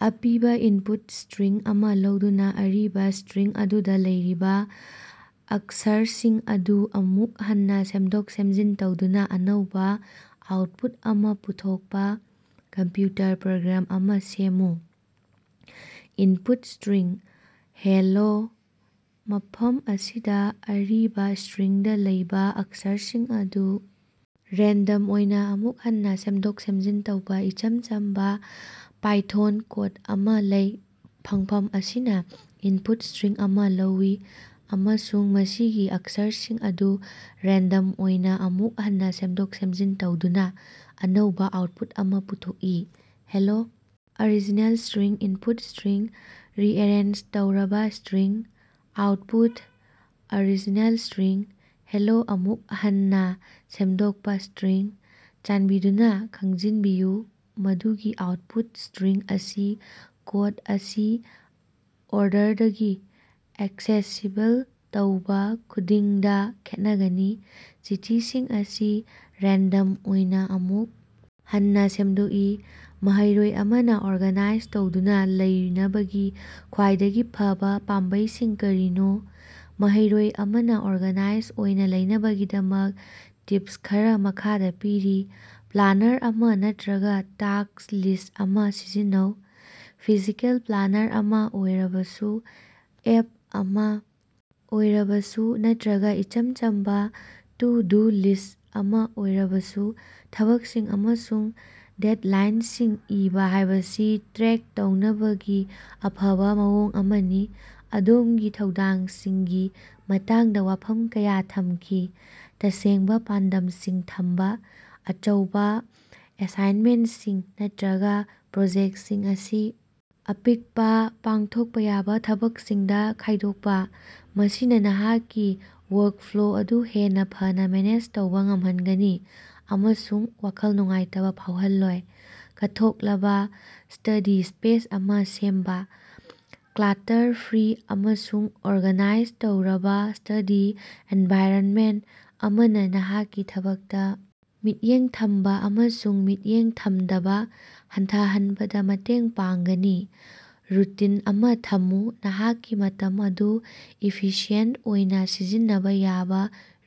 ꯑꯄꯤꯕ input string ꯑꯃ ꯂꯧꯗꯨꯅ ꯑꯔꯤꯕ ꯁ꯭ꯇꯔꯤꯡ ꯑꯗꯨꯗ ꯂꯩꯔꯤꯕ ꯑꯛꯁꯔꯁꯤꯡ ꯑꯗꯨ ꯑꯃꯨꯛ ꯍꯟꯅ ꯁꯦꯝꯗꯣꯛ-ꯁꯦꯝꯖꯤꯟ ꯇꯧꯗꯨꯅ ꯑꯅꯧꯕ ꯑꯥꯎꯠꯄꯨꯠ ꯑꯃ ꯄꯨꯊꯣꯛꯄ ꯀꯝꯄ꯭ꯌꯨꯇꯔ ꯄ꯭ꯔꯣꯒ꯭ꯔꯥꯝ ꯑꯃꯥ ꯁꯦꯝꯃꯨ꯫ Input string: hello. ꯃꯐꯝ ꯑꯁꯤꯗ ꯑꯔꯤꯕ ꯁ꯭ꯇꯔꯤꯡꯗ ꯂꯩꯕ ꯑꯛꯁꯔꯁꯤꯡ ꯑꯗꯨ ꯔꯦꯟꯗꯝ ꯑꯣꯏꯅ ꯑꯃꯨꯛ ꯍꯟꯅ ꯁꯦꯝꯗꯣꯛ-ꯁꯦꯝꯖꯤꯟ ꯇꯧꯕ ꯏꯆꯝ ꯆꯝꯕ ꯄꯥꯏꯊꯣꯟ ꯀꯣꯗ ꯑꯃꯥ ꯂꯩ, ꯐꯪꯐꯝ ꯑꯁꯤꯅ ꯏꯟꯄꯨꯠ ꯁ꯭ꯇꯔꯤꯡ ꯑꯃ ꯂꯧꯏ ꯑꯃꯁꯨꯡ ꯃꯁꯤꯒꯤ ꯑꯛꯁꯔꯁꯤꯡ ꯑꯗꯨ ꯔꯦꯟꯗꯝ ꯑꯣꯏꯅ ꯑꯃꯨꯛ ꯍꯟꯅ ꯁꯦꯝꯗꯣꯛ-ꯁꯦꯝꯖꯤꯟ ꯇꯧꯗꯨꯅ ꯑꯅꯧꯕ ꯑꯥꯎꯠꯄꯨꯠ ꯑꯃ ꯄꯨꯊꯣꯛꯏ꯫ Hello original string: input string rearrange ꯇꯧꯔꯕ string: output: original string: hello ꯑꯃꯨꯛ ꯍꯟꯅ ꯁꯦꯝꯗꯣꯛꯄ ꯁ꯭ꯇꯔꯤꯡ: ꯆꯥꯟꯕꯤꯗꯨꯅ ꯈꯪꯖꯤꯟꯕꯤꯌꯨ ꯃꯗꯨꯗꯤ ꯑꯥꯎꯠꯄꯨꯠ ꯁ꯭ꯇꯔꯤꯡ ꯑꯁꯤ ꯀꯣꯗ ꯑꯁꯤ ꯑꯣꯔꯗꯔꯗꯒꯤ ꯑꯦꯛꯁꯦꯁꯤꯕꯜ ꯇꯧꯕ ꯈꯨꯗꯤꯡꯗ ꯈꯦꯠꯅꯒꯅꯤ꯫ ꯆꯤꯊꯤꯁꯤꯡ ꯑꯁꯤ ꯔꯦꯟꯗꯝ ꯑꯣꯏꯅ ꯑꯃꯨꯛ ꯍꯟꯅ ꯁꯦꯝꯗꯣꯛꯏ꯫ ꯃꯍꯩꯔꯣꯏ ꯑꯃꯅ ꯑꯣꯔꯒꯥꯅꯥꯏꯖ ꯇꯧꯗꯨꯅ ꯂꯩꯅꯕꯒꯤ ꯈ꯭ꯋꯥꯏꯗꯒꯤ ꯐꯕ ꯄꯥꯝꯕꯩꯁꯤꯡ ꯀꯔꯤꯅꯣ ꯃꯍꯩꯔꯣꯏ ꯑꯃꯅ ꯑꯣꯔꯒꯥꯅꯥꯏꯖ ꯑꯣꯏꯅ ꯂꯩꯅꯕꯒꯤꯗꯃꯛ ꯇꯤꯞꯁ ꯈꯔ ꯃꯈꯥꯗ ꯄꯤꯔꯤ: ꯄ꯭ꯂꯥꯅꯔ ꯑꯃ ꯅꯠꯇ꯭ꯔꯒ ꯇꯥꯁ꯭ꯛ ꯂꯤꯁ꯭ꯠ ꯑꯃꯥ ꯁꯤꯖꯤꯟꯅꯧ: ꯐꯤꯖꯤꯀꯦꯜ ꯄ꯭ꯂꯥꯅꯔ ꯑꯃꯥ ꯑꯣꯏꯔꯕꯁꯨ, ꯑꯦꯞ ꯑꯃꯥ ꯑꯣꯏꯔꯕꯁꯨ ꯅꯠꯇꯔꯒ ꯏꯆꯝ ꯆꯝꯕ ꯇꯨ ꯗꯨ ꯂꯤꯁ꯭ꯠ ꯑꯃ ꯑꯣꯏꯔꯕꯁꯨ, ꯊꯕꯛꯁꯤꯡ ꯑꯃꯁꯨꯡ ꯗꯦꯗꯂꯥꯏꯟꯁꯤꯡ ꯏꯕ ꯍꯥꯏꯕꯁꯤ ꯇ꯭ꯔꯦꯛ ꯇꯧꯅꯕꯒꯤ ꯑꯐꯕ ꯃꯑꯣꯡ ꯑꯃꯅꯤ꯫ ꯑꯗꯣꯝꯒꯤ ꯊꯧꯗꯥꯡꯁꯤꯡꯒꯤ ꯃꯇꯥꯡꯗ ꯋꯥꯐꯝ ꯀꯌꯥ ꯊꯝꯈꯤ꯫ ꯇꯁꯦꯡꯕ ꯄꯥꯟꯗꯝꯁꯤꯡ ꯊꯝꯕ: ꯑꯆꯧꯕ ꯑꯦꯁꯥꯏꯟꯃꯦꯟꯁꯤꯡ ꯅꯠꯇꯔꯒ ꯄ꯭ꯔꯣꯖꯦꯛꯁꯤꯡ ꯑꯁꯤ ꯑꯄꯤꯛꯄ, ꯄꯥꯡꯊꯣꯛꯄ ꯌꯥꯕ ꯊꯕꯛꯁꯤꯡꯗ ꯈꯥꯏꯗꯣꯛꯄ꯫ ꯃꯁꯤꯅ ꯅꯍꯥꯛꯀꯤ ꯋꯥꯔꯛꯐ꯭ꯂꯣ ꯑꯗꯨ ꯍꯦꯟꯅ ꯐꯅ ꯃꯦꯅꯦꯖ ꯇꯧꯕ ꯉꯝꯍꯟꯒꯅꯤ ꯑꯃꯁꯨꯡ ꯋꯥꯈꯜ ꯅꯨꯡꯉꯥꯏꯇꯕ ꯐꯥꯎꯍꯜꯂꯣꯏ꯫ ꯀꯠꯊꯣꯛꯂꯕ ꯁ꯭ꯇꯗꯤ ꯁ꯭ꯄꯦꯁ ꯑꯃ ꯁꯦꯝꯕ: ꯀ꯭ꯂꯥꯇꯔ ꯐ꯭ꯔꯤ ꯑꯃꯁꯨꯡ ꯑꯣꯔꯒꯥꯅꯥꯏꯖ ꯇꯧꯔꯕ ꯁ꯭ꯇꯗꯤ ꯑꯦꯟꯚꯥꯏꯔꯟꯃꯦꯟ ꯑꯃꯅ ꯅꯍꯥꯛꯀꯤ ꯊꯕꯛꯇ ꯃꯤꯠꯌꯦꯡ ꯊꯝꯕ ꯑꯃꯁꯨꯡ ꯃꯤꯠꯌꯦꯡ ꯊꯝꯗꯕ ꯍꯟꯊꯍꯟꯕꯗ ꯃꯇꯦꯡ ꯄꯥꯡꯒꯅꯤ꯫ ꯔꯨꯇꯤꯟ ꯑꯃꯥ ꯊꯝꯃꯨ: ꯅꯍꯥꯛꯀꯤ ꯃꯇꯝ ꯑꯗꯨ ꯏꯐꯤꯁꯤꯑꯦꯟꯠ ꯑꯣꯏꯅ ꯁꯤꯖꯤꯟꯅꯕ ꯌꯥꯕ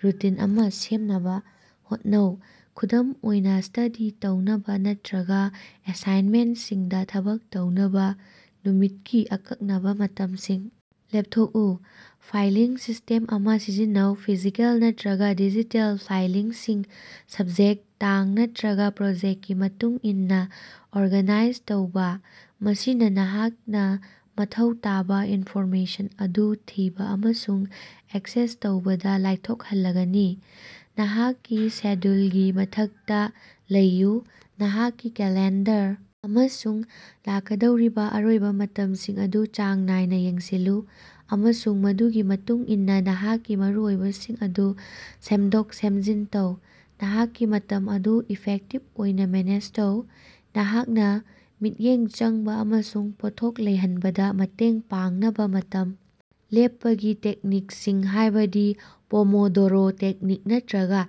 ꯔꯨꯇꯤꯟ ꯑꯃ ꯁꯦꯝꯅꯕ ꯍꯣꯠꯅꯧ꯫ ꯈꯨꯗꯝ ꯑꯣꯏꯅ, ꯁ꯭ꯇꯗꯤ ꯇꯧꯅꯕ ꯅꯠꯇꯔꯒ ꯑꯦꯁꯥꯏꯟꯃꯦꯟꯁꯤꯡꯗ ꯊꯕꯛ ꯇꯧꯅꯕ ꯅꯨꯃꯤꯠꯀꯤ ꯑꯀꯛꯅꯕ ꯃꯇꯝꯁꯤꯡ ꯂꯦꯞꯊꯣꯛꯎ꯫ ꯐꯥꯏꯂꯤꯡ ꯁꯤꯁ꯭ꯇꯦꯝ ꯑꯃ ꯁꯤꯖꯤꯟꯅꯧ: ꯐꯤꯖꯤꯀꯦꯜ ꯅꯠꯇꯔꯒ ꯗꯤꯖꯤꯇꯦꯜ ꯐꯥꯏꯜꯁꯤꯡ ꯁꯕꯖꯦꯛ, ꯇꯥꯡ ꯅꯠꯇꯔꯒ ꯄ꯭ꯔꯣꯖꯦꯛꯀꯤ ꯃꯇꯨꯡꯏꯟꯅ ꯑꯣꯔꯒꯥꯅꯥꯏꯖ ꯇꯧꯕ꯫ ꯃꯁꯤꯅ ꯅꯍꯥꯛꯅ ꯃꯊꯧ ꯇꯥꯕ ꯏꯟꯐꯣꯔꯃꯦꯁꯟ ꯑꯗꯨ ꯊꯤꯕ ꯑꯃꯁꯨꯡ ꯑꯦꯛꯁꯦꯁ ꯇꯧꯕꯗ ꯂꯥꯏꯊꯣꯛꯍꯜꯂꯒꯅꯤ꯫ ꯅꯍꯥꯛꯀꯤ ꯁꯦꯗ꯭ꯌꯨꯜꯒꯤ ꯃꯊꯛꯇ ꯂꯩꯌꯨ: ꯅꯍꯥꯛꯀꯤ ꯀꯦꯂꯦꯟꯗꯔ ꯑꯃꯁꯨꯡ ꯂꯥꯛꯀꯗꯧꯔꯤꯕ ꯑꯔꯣꯏꯕ ꯃꯇꯝꯁꯤꯡ ꯑꯗꯨ ꯆꯥꯡ ꯅꯥꯏꯅ ꯌꯦꯡꯁꯤꯜꯂꯨ, ꯑꯃꯁꯨꯡ ꯃꯗꯨꯒꯤ ꯃꯇꯨꯡ ꯏꯟꯅ ꯅꯍꯥꯛꯀꯤ ꯃꯔꯨꯑꯣꯏꯕꯁꯤꯡ ꯑꯗꯨ ꯁꯦꯝꯗꯣꯛ-ꯁꯦꯝꯖꯤꯟ ꯇꯧ꯫ ꯅꯍꯥꯛꯀꯤ ꯃꯇꯝ ꯑꯗꯨ ꯏꯐꯦꯛꯇꯤꯚ ꯑꯣꯏꯅ ꯃꯦꯅꯦꯖ ꯇꯧ: ꯅꯍꯥꯛꯅ ꯃꯤꯠꯌꯦꯡ ꯆꯪꯕ ꯑꯃꯁꯨꯡ ꯄꯣꯠꯊꯣꯛ ꯂꯩꯍꯟꯕꯗ ꯃꯇꯦꯡ ꯄꯥꯡꯅꯕ ꯃꯇꯝ ꯂꯦꯞꯄꯒꯤ ꯇꯦꯛꯅꯤꯛꯁꯤꯡ, ꯍꯥꯏꯕꯗꯤ ꯄꯣꯃꯣꯗꯣꯔꯣ ꯇꯦꯛꯅꯤꯛ ꯅꯠꯇꯔꯒ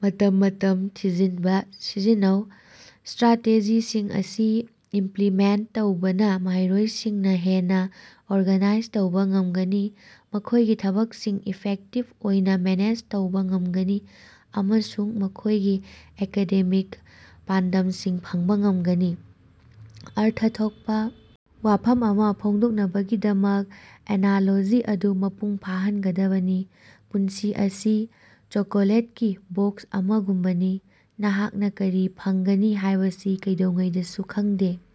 ꯃꯇꯝ-ꯃꯇꯝ ꯊꯤꯡꯖꯤꯟꯕ ꯁꯤꯖꯤꯟꯅꯧ꯫ ꯁ꯭ꯇꯔꯥꯇꯦꯖꯤꯁꯤꯡ ꯑꯁꯤ ꯏꯝꯄꯂꯤꯃꯦꯟꯠ ꯇꯧꯕꯅ ꯃꯍꯩꯔꯣꯏꯁꯤꯡꯅ ꯍꯦꯟꯅ ꯑꯣꯔꯒꯥꯅꯥꯏꯖ ꯇꯧꯕ ꯉꯝꯒꯅꯤ, ꯃꯈꯣꯏꯒꯤ ꯊꯕꯛꯁꯤꯡ ꯏꯐꯦꯛꯇꯤꯕ ꯑꯣꯏꯅ ꯃꯦꯅꯦꯖ ꯇꯧꯕ ꯉꯝꯒꯅꯤ ꯑꯃꯁꯨꯡ ꯃꯈꯣꯏꯒꯤ ꯑꯦꯀꯥꯗꯦꯃꯤꯛ ꯄꯥꯟꯗꯝꯁꯤꯡ ꯐꯪꯕ ꯉꯝꯒꯅꯤ꯫ ꯑꯔꯊ ꯊꯣꯛꯄꯥ ꯋꯥꯐꯝ ꯑꯃꯥ ꯐꯣꯡꯗꯣꯛꯅꯕꯒꯤꯗꯃꯛ ꯑꯦꯅꯥꯂꯣꯖꯤ ꯑꯗꯨ ꯃꯄꯨꯡ ꯐꯥꯍꯟꯒꯗꯕꯅꯤ꯫ ꯄꯨꯟꯁꯤ ꯑꯁꯤ ꯆꯣꯀꯣꯂꯦꯠꯀꯤ ꯕꯣꯛꯁ ꯑꯃꯒꯨꯝꯕꯅꯤ, ꯅꯍꯥꯛꯅꯥ ꯀꯔꯤ ꯐꯪꯒꯅꯤ ꯍꯥꯏꯕꯁꯤ ꯀꯩꯗꯧꯉꯩꯗꯁꯨ ꯈꯪꯗꯦ꯫